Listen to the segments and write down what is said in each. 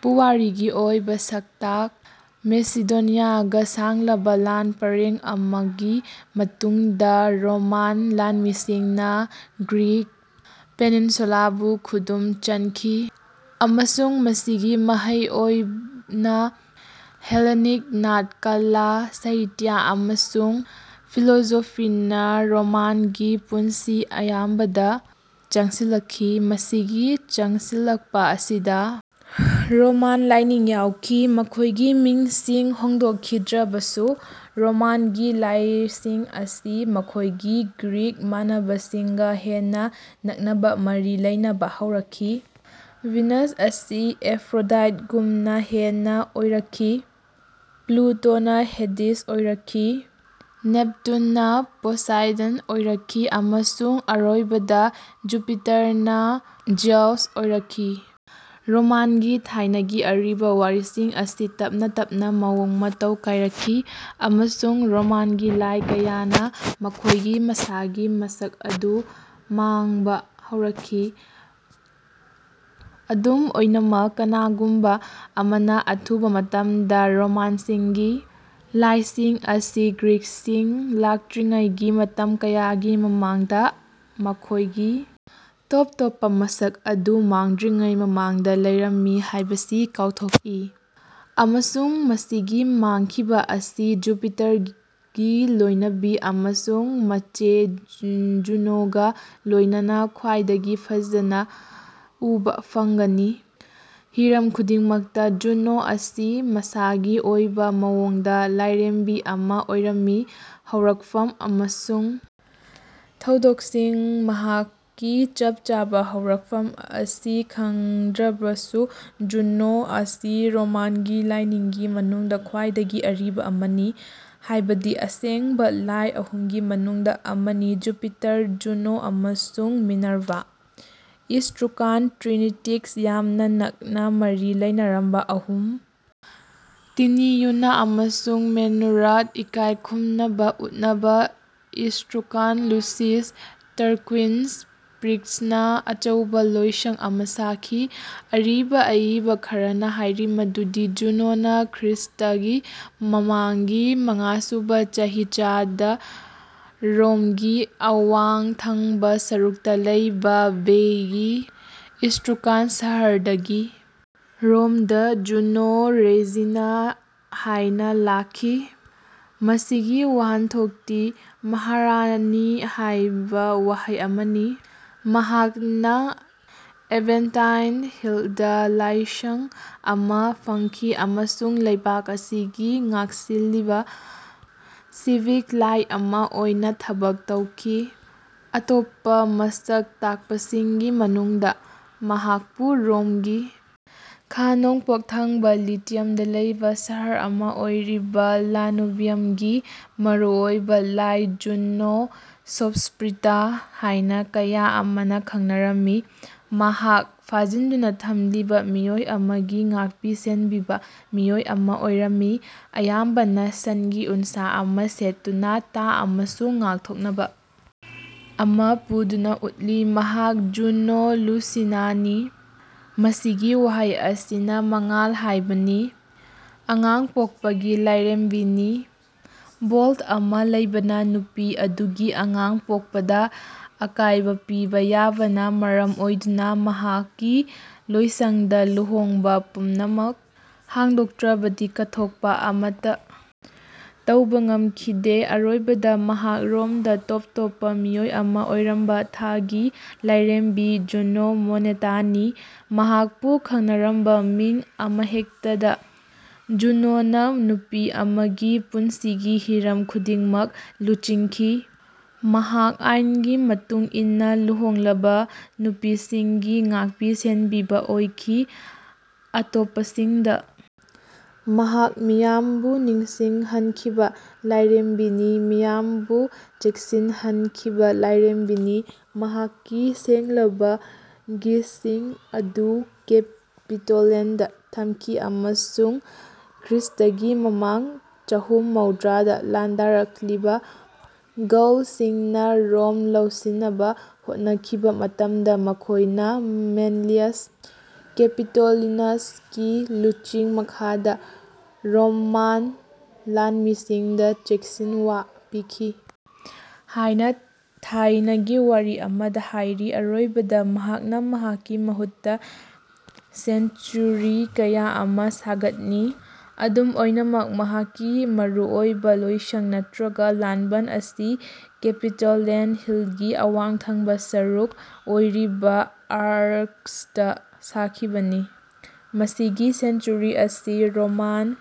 ꯄꯨꯋꯥꯔꯤꯒꯤ ꯑꯣꯏꯕ ꯁꯛꯇꯥꯛ ꯃꯦꯁꯤꯗꯣꯅꯤꯌꯥꯒ ꯁꯥꯡꯂꯕ ꯂꯥꯟ ꯄꯔꯦꯡ ꯑꯃꯒꯤ ꯃꯇꯨꯡꯗ ꯔꯣꯃꯥꯟ ꯂꯥꯟꯃꯤꯁꯤꯡꯅ ꯒ꯭ꯔꯤꯛ ꯄꯦꯅꯤꯟꯁꯨꯂꯥꯕꯨ ꯈꯨꯗꯨꯝ ꯆꯟꯈꯤ, ꯑꯃꯁꯨꯡ ꯃꯁꯤꯒꯤ ꯃꯍꯩ ꯑꯣꯏꯅ ꯍꯦꯂꯦꯅꯤꯛ ꯅꯥꯠ ꯀꯂꯥ, ꯁꯥꯍꯤꯇ꯭ꯌ ꯥ ꯑꯃꯁꯨꯡ ꯐꯤꯂꯣꯁꯣꯐꯤꯅ ꯔꯣꯃꯥꯟꯒꯤ ꯄꯨꯟꯁꯤ ꯑꯌꯥꯝꯕꯗ ꯆꯪꯁꯤꯜꯂꯛꯈꯤ꯫ ꯃꯁꯤꯒꯤ ꯆꯪꯁꯤꯜꯂꯛꯄ ꯑꯁꯤꯗ ꯔꯣꯃꯥꯟ ꯂꯥꯏꯅꯤꯡ ꯌꯥꯎꯈꯤ꯫ ꯃꯈꯣꯏꯒꯤ ꯃꯤꯡꯁꯤꯡ ꯍꯣꯡꯗꯣꯛꯈꯤꯗ꯭ꯔꯕꯁꯨ, ꯔꯣꯃꯥꯟꯒꯤ ꯂꯥꯏꯁꯤꯡ ꯑꯁꯤ ꯃꯈꯣꯏꯒꯤ ꯒ꯭ꯔꯤꯛ ꯃꯥꯟꯅꯕꯁꯤꯡꯒ ꯍꯦꯟꯅ ꯅꯛꯅꯕ ꯃꯔꯤ ꯂꯩꯅꯕ ꯍꯧꯔꯛꯈꯤ꯫ ꯚꯤꯅꯁ ꯑꯁꯤ ꯑꯦꯐ꯭ꯔꯣꯗꯥꯏꯠꯒꯨꯝꯅ ꯍꯦꯟꯅ ꯑꯣꯏꯔꯛꯈꯤ, ꯄ꯭ꯂꯨꯇꯣꯅ ꯍꯦꯗꯤꯁ ꯑꯣꯏꯔꯛꯈꯤ, ꯅꯦꯞꯇꯨꯟꯅ ꯄꯣꯁꯥꯏꯗꯟ ꯑꯣꯏꯔꯛꯈꯤ, ꯑꯃꯁꯨꯡ ꯑꯔꯣꯏꯕꯗ, ꯖꯨꯄꯤꯇꯔꯅ ꯖꯤꯎꯁ ꯑꯣꯏꯔꯛꯈꯤ꯫ ꯔꯣꯃꯥꯟꯒꯤ ꯊꯥꯏꯅꯒꯤ ꯑꯔꯤꯕ ꯋꯥꯔꯤꯁꯤꯡ ꯑꯁꯤ ꯇꯞꯅ-ꯇꯞꯅ ꯃꯋꯣꯡ-ꯃꯇꯧ ꯀꯥꯏꯔꯛꯈꯤ, ꯑꯃꯁꯨꯡ ꯔꯣꯃꯥꯟꯒꯤ ꯂꯥꯏ ꯀꯌꯥꯅ ꯃꯈꯣꯏꯒꯤ ꯃꯁꯥꯒꯤ ꯃꯁꯛ ꯑꯗꯨ ꯃꯥꯡꯕ ꯍꯧꯔꯛꯈꯤ꯫ ꯑꯗꯨꯝ ꯑꯣꯏꯅꯃꯛ, ꯀꯅꯥꯒꯨꯝꯕ ꯑꯃꯅ ꯑꯊꯨꯕ ꯃꯇꯝꯗ ꯔꯣꯃꯥꯟꯁꯤꯡꯒꯤ ꯂꯥꯏꯁꯤꯡ ꯑꯁꯤ ꯒ꯭ꯔꯤꯛꯁꯤꯡ ꯂꯥꯛꯇ꯭ꯔꯤꯉꯩꯒꯤ ꯃꯇꯝ ꯀꯌꯥꯒꯤ ꯃꯃꯥꯡꯗ, ꯃꯈꯣꯏꯒꯤ ꯇꯣꯞ-ꯇꯣꯞꯄ ꯃꯁꯛ ꯑꯗꯨ ꯃꯥꯡꯗ꯭ꯔꯤꯉꯩ ꯃꯃꯥꯡꯗ ꯂꯩꯔꯝꯃꯤ ꯍꯥꯏꯕꯁꯤ ꯀꯥꯎꯊꯣꯛꯏ꯫ ꯑꯃꯁꯨꯡ ꯃꯁꯤꯒꯤ ꯃꯥꯡꯈꯤꯕ ꯑꯁꯤ ꯖꯨꯄꯤꯇꯔꯒꯤ ꯂꯣꯏꯅꯕꯤ ꯑꯃꯁꯨꯡ ꯃꯆꯦ ꯖꯨꯅꯣꯒ ꯂꯣꯏꯅꯅ ꯈ꯭ꯋꯥꯏꯗꯒꯤ ꯐꯖꯅ ꯎꯕ ꯐꯪꯒꯅꯤ꯫ꯍꯤꯔꯝ ꯈꯨꯗꯤꯡꯃꯛꯇ, ꯖꯨꯅꯣ ꯑꯁꯤ ꯃꯁꯥꯒꯤ ꯑꯣꯏꯕ ꯃꯑꯣꯡꯗ ꯂꯥꯏꯔꯦꯝꯕꯤ ꯑꯃ ꯑꯣꯏꯔꯝꯃꯤ꯫ ꯍꯧꯔꯛꯐꯝ ꯑꯃꯁꯨꯡ ꯊꯧꯗꯣꯛꯁꯤꯡ ꯃꯍꯥꯛꯀꯤ ꯆꯞ ꯆꯥꯕ ꯍꯧꯔꯛꯐꯝ ꯑꯁꯤ ꯈꯪꯗ꯭ꯔꯕꯁꯨ, ꯖꯨꯅꯣ ꯑꯁꯤ ꯔꯣꯃꯥꯟꯒꯤ ꯂꯥꯏꯁꯤꯡꯒꯤ ꯃꯅꯨꯡꯗ ꯈ꯭ꯋꯥꯏꯗꯒꯤ ꯑꯔꯤꯕ ꯑꯃꯅꯤ, ꯍꯥꯏꯕꯗꯤ ꯑꯁꯦꯡꯕ ꯂꯥꯏ ꯑꯍꯨꯝꯒꯤ ꯃꯅꯨꯡꯗ ꯑꯃꯅꯤ ꯖꯨꯄꯤꯇꯔ, ꯖꯨꯅꯣ ꯑꯃꯁꯨꯡ ꯃꯤꯅꯔꯚꯥ ꯫ ꯏꯁꯇ꯭ꯔꯨꯀꯥꯟ ꯇ꯭ꯔꯤꯅꯤꯇꯤꯛ ꯌꯥꯝꯅ ꯅꯛꯅ ꯃꯔꯤ ꯂꯩꯅꯔꯝꯕ ꯑꯍꯨꯝ: ꯇꯤꯅꯤ, ꯌꯨꯅꯥ, ꯑꯃꯁꯨꯡ ꯃꯦꯅꯨꯔꯥꯠ ꯏꯀꯥꯏ ꯈꯨꯝꯅꯕ ꯎꯠꯅꯕ ꯏꯁꯇ꯭ꯔꯨꯀꯥꯟ ꯂꯨꯁꯤꯁ ꯇꯥꯔꯀ꯭ꯋꯤꯟꯁ ꯄ꯭ꯔꯤꯛꯁꯅ ꯑꯆꯧꯕ ꯂꯥꯏꯁꯪ ꯑꯃ ꯁꯥꯈꯤ꯫ ꯑꯔꯤꯕ ꯑꯏꯕ ꯈꯔꯅ ꯍꯥꯏꯔꯤ ꯃꯗꯨꯗꯤ ꯖꯨꯅꯣꯅ ꯈ꯭ꯔꯤꯁꯇꯥꯒꯤ ꯃꯃꯥꯡꯒꯤ ꯃꯉꯥꯁꯨꯕ ꯆꯍꯤꯆꯥꯗ ꯔꯣꯝꯒꯤ ꯑꯋꯥꯡ ꯊꯪꯕ ꯁꯔꯨꯛꯇ ꯂꯩꯕ ꯚꯦꯏꯒꯤ ꯏꯁꯇ꯭ꯔꯨꯀꯥꯟ ꯁꯍꯔꯗꯒꯤ ꯔꯣꯝꯗ ꯖꯨꯅꯣ ꯔꯦꯖꯤꯅꯥ ꯍꯥꯏꯅ ꯂꯥꯛꯈꯤ, ꯃꯁꯤꯒꯤ ꯋꯥꯍꯟꯊꯣꯛꯇꯤ ꯃꯍꯥꯔꯥꯅꯤ ꯍꯥꯏꯕ ꯋꯥꯍꯩ ꯑꯃꯅꯤ꯫ ꯃꯍꯥꯛꯅ ꯑꯦꯚꯦꯟꯇꯥꯏꯟ ꯍꯤꯜꯗ ꯂꯥꯏꯁꯪ ꯑꯃ ꯐꯪꯈꯤ ꯑꯃꯁꯨꯡ ꯂꯩꯕꯥꯛ ꯑꯁꯤꯒꯤ ꯉꯥꯛꯁꯦꯜꯂꯤꯕ, ꯁꯤꯚꯤꯛ ꯂꯥꯏ ꯑꯃ ꯑꯣꯏꯅ ꯊꯕꯛ ꯇꯧꯈꯤ꯫ ꯑꯇꯣꯞꯄ ꯃꯁꯛ ꯇꯥꯛꯄꯁꯤꯡꯒꯤ ꯃꯅꯨꯡꯗ, ꯃꯍꯥꯛꯄꯨ ꯔꯣꯝꯒꯤ ꯈꯥ-ꯅꯣꯡꯄꯣꯛ ꯊꯪꯕ ꯂꯦꯇꯤꯌꯝꯗ ꯂꯩꯕ ꯁꯍꯔ ꯑꯃ ꯑꯣꯏꯔꯤꯕ ꯂꯥꯅꯨꯚꯤꯌꯝꯒꯤ ꯃꯔꯨꯑꯣꯏꯕ ꯂꯥꯏ ꯖꯨꯅꯣ ꯁꯣꯁꯄ꯭ꯔꯤꯇꯥ ꯍꯥꯏꯅ ꯀꯌꯥ ꯑꯃꯅ ꯈꯪꯅꯔꯝꯃꯤ꯫ ꯃꯍꯥꯛ ꯐꯥꯖꯤꯟꯗꯨꯅ ꯊꯝꯂꯤꯕ ꯃꯤꯑꯣꯏ ꯑꯃꯒꯤ ꯉꯥꯛꯄꯤ-ꯁꯦꯟꯕꯤꯕ ꯃꯤꯑꯣꯏ ꯑꯃ ꯑꯣꯏꯔꯝꯃꯤ, ꯑꯌꯥꯝꯕꯅ ꯁꯟꯒꯤ ꯎꯟꯁꯥ ꯑꯃ ꯁꯦꯠꯇꯨꯅ, ꯇꯥ ꯑꯃꯁꯨꯡ ꯉꯥꯛꯊꯣꯛꯅꯕ ꯑꯃ ꯄꯨꯗꯨꯅ ꯎꯠꯂꯤ꯫ ꯃꯍꯥꯛ ꯖꯨꯅꯣ ꯂꯨꯁꯤꯅꯥꯅꯤ, ꯃꯁꯤꯒꯤ ꯋꯥꯍꯩ ꯑꯁꯤꯅ ꯃꯉꯥꯜ ꯍꯥꯏꯕꯅꯤ, ꯑꯉꯥꯡ ꯄꯣꯛꯄꯒꯤ ꯂꯥꯏꯔꯦꯝꯕꯤꯅꯤ꯫ ꯕꯦꯜꯠ ꯑꯃ ꯂꯩꯕꯅ ꯅꯨꯄꯤ ꯑꯗꯨꯒꯤ ꯑꯉꯥꯡ ꯄꯣꯛꯄꯗ ꯑꯀꯥꯏꯕ ꯄꯤꯕ ꯌꯥꯕꯅ ꯃꯔꯝ ꯑꯣꯏꯗꯨꯅ ꯃꯍꯥꯛꯀꯤ ꯂꯣꯏꯁꯪꯗ ꯂꯨꯍꯣꯡꯕ ꯄꯨꯝꯅꯃꯛ ꯍꯥꯡꯗꯣꯛꯇ꯭ꯔꯕꯗꯤ ꯀꯠꯊꯣꯛꯄ ꯑꯃꯠꯇ ꯇꯧꯕ ꯉꯝꯈꯤꯗꯦ꯫ ꯑꯔꯣꯏꯕꯗ, ꯃꯍꯥꯛ ꯔꯣꯝꯗ ꯇꯣꯞ-ꯇꯣꯞꯄ ꯃꯤꯑꯣꯏ ꯑꯃ ꯑꯣꯏꯔꯝꯕ ꯊꯥꯒꯤ ꯂꯥꯏꯔꯦꯝꯕꯤ ꯖꯨꯅꯣ ꯃꯣꯅꯦꯇꯥꯅꯤ꯫ ꯃꯍꯥꯛꯄꯨ ꯈꯪꯅꯔꯝꯕ ꯃꯤꯡ ꯑꯃꯍꯦꯛꯇꯗ ꯖꯨꯅꯣꯅ ꯅꯨꯄꯤ ꯑꯃꯒꯤ ꯄꯨꯟꯁꯤꯒꯤ ꯍꯤꯔꯝ ꯈꯨꯗꯤꯡꯃꯛ ꯂꯨꯆꯤꯡꯈꯤ꯫ ꯃꯍꯥꯛ ꯑꯥꯏꯟꯒꯤ ꯃꯇꯨꯡ ꯏꯟꯅ ꯂꯨꯍꯣꯡꯂꯕ ꯅꯨꯄꯤꯁꯤꯡꯒꯤ ꯉꯥꯛꯄꯤ-ꯁꯦꯟꯕꯤꯕ ꯑꯣꯏꯈꯤ꯫ ꯑꯇꯣꯞꯄꯁꯤꯡꯗ ꯃꯍꯥꯛ ꯃꯤꯌꯥꯝꯕꯨ ꯅꯤꯡꯁꯤꯡꯍꯟꯈꯤꯕ ꯂꯥꯏꯔꯦꯝꯕꯤꯅꯤ, ꯃꯤꯌꯥꯝꯕꯨ ꯆꯦꯛꯁꯤꯟꯍꯟꯈꯤꯕ ꯂꯥꯏꯔꯦꯝꯕꯤꯅꯤ꯫ ꯃꯍꯥꯛꯀꯤ ꯁꯦꯡꯂꯕ ꯒꯤꯖꯁꯤꯡ ꯑꯗꯨ ꯀꯦꯄꯤꯇꯣꯂꯤꯟꯗ ꯊꯝꯈꯤ ꯑꯃꯁꯨꯡ ꯈ꯭ꯔꯤꯁꯇꯒꯤ ꯃꯃꯥꯡ ꯆꯍꯨꯝ ꯃꯧꯗ꯭ꯔꯥꯗ ꯂꯥꯟꯗꯥꯔꯛꯂꯤꯕ ꯒꯧꯜꯁꯤꯡꯅ ꯔꯣꯝ ꯂꯧꯁꯤꯟꯅꯕ ꯍꯣꯠꯅꯈꯤꯕ ꯃꯇꯝꯗ ꯃꯈꯣꯏꯅ ꯃꯦꯟꯂꯤꯌꯁ ꯀꯦꯄꯤꯇꯣꯂꯤꯅꯁꯀꯤ ꯂꯨꯆꯤꯡ ꯃꯈꯥꯗ ꯔꯣꯃꯥꯟ ꯂꯥꯟꯃꯤꯁꯤꯡꯗ ꯆꯦꯛꯁꯤꯟꯋꯥ ꯄꯤꯈꯤ ꯍꯥꯏꯅ ꯊꯥꯏꯅꯒꯤ ꯋꯥꯔꯤ ꯑꯃꯗ ꯍꯥꯏꯔꯤ꯫ ꯑꯔꯣꯏꯕꯗ, ꯃꯍꯥꯛꯅ ꯃꯍꯥꯛꯀꯤ ꯃꯍꯨꯠꯇ ꯁꯦꯟꯆꯨꯔꯤ ꯀꯌꯥ ꯑꯃ ꯁꯥꯒꯅꯤ꯫ ꯑꯗꯨꯝ ꯑꯣꯏꯅꯃꯛ, ꯃꯍꯥꯛꯀꯤ ꯃꯔꯨꯑꯣꯏꯕ ꯂꯥꯏꯁꯪ ꯅꯠꯇ꯭ꯔꯒ ꯂꯥꯟꯕꯟ ꯑꯁꯤ ꯀꯦꯄꯤꯇꯣꯂꯤꯟ ꯍꯤꯜꯒꯤ ꯑꯋꯥꯡ ꯊꯪꯕ ꯁꯔꯨꯛ ꯑꯣꯏꯔꯤꯕ ꯑꯥꯔꯛꯁꯇ ꯁꯥꯈꯤꯕꯅꯤ꯫ ꯃꯁꯤꯒꯤ ꯁꯦꯟꯆꯨꯔꯤ ꯑꯁꯤ ꯔꯣꯃꯥꯟ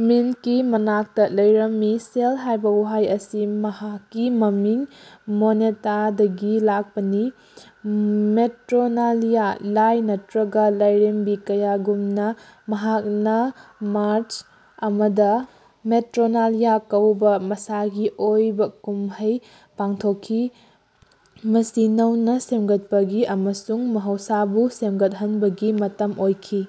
ꯃꯤꯟꯠꯀꯤ ꯃꯅꯥꯛꯇ ꯂꯩꯔꯝꯃꯤ; ꯁꯦꯜ ꯍꯥꯏꯕ ꯋꯥꯍꯩ ꯑꯁꯤ ꯃꯍꯥꯛꯀꯤ ꯃꯃꯤꯡ ꯃꯣꯅꯦꯇꯥꯗꯒꯤ ꯂꯥꯛꯄꯅꯤ꯫ ꯃꯦꯇ꯭ꯔꯣꯅꯥꯂꯤꯌꯥ ꯂꯥꯏ ꯅꯠꯇ꯭ꯔꯒ ꯂꯥꯏꯔꯦꯝꯕꯤ ꯀꯌꯥꯒꯨꯝꯅ, ꯃꯍꯥꯛꯅ ꯃꯥꯔꯆ ꯑꯃꯗ ꯃꯦꯇ꯭ꯔꯣꯅꯥꯂꯤꯌꯥ ꯀꯧꯕ ꯃꯁꯥꯒꯤ ꯑꯣꯏꯕ ꯀꯨꯝꯍꯩ ꯄꯥꯡꯊꯣꯛꯈꯤ, ꯃꯁꯤ ꯅꯧꯅ ꯁꯦꯝꯒꯠꯄꯒꯤ ꯑꯃꯁꯨꯡ ꯃꯍꯧꯁꯥꯕꯨ ꯍꯧꯒꯠꯍꯟꯕꯒꯤ ꯃꯇꯝ ꯑꯣꯏꯈꯤ꯫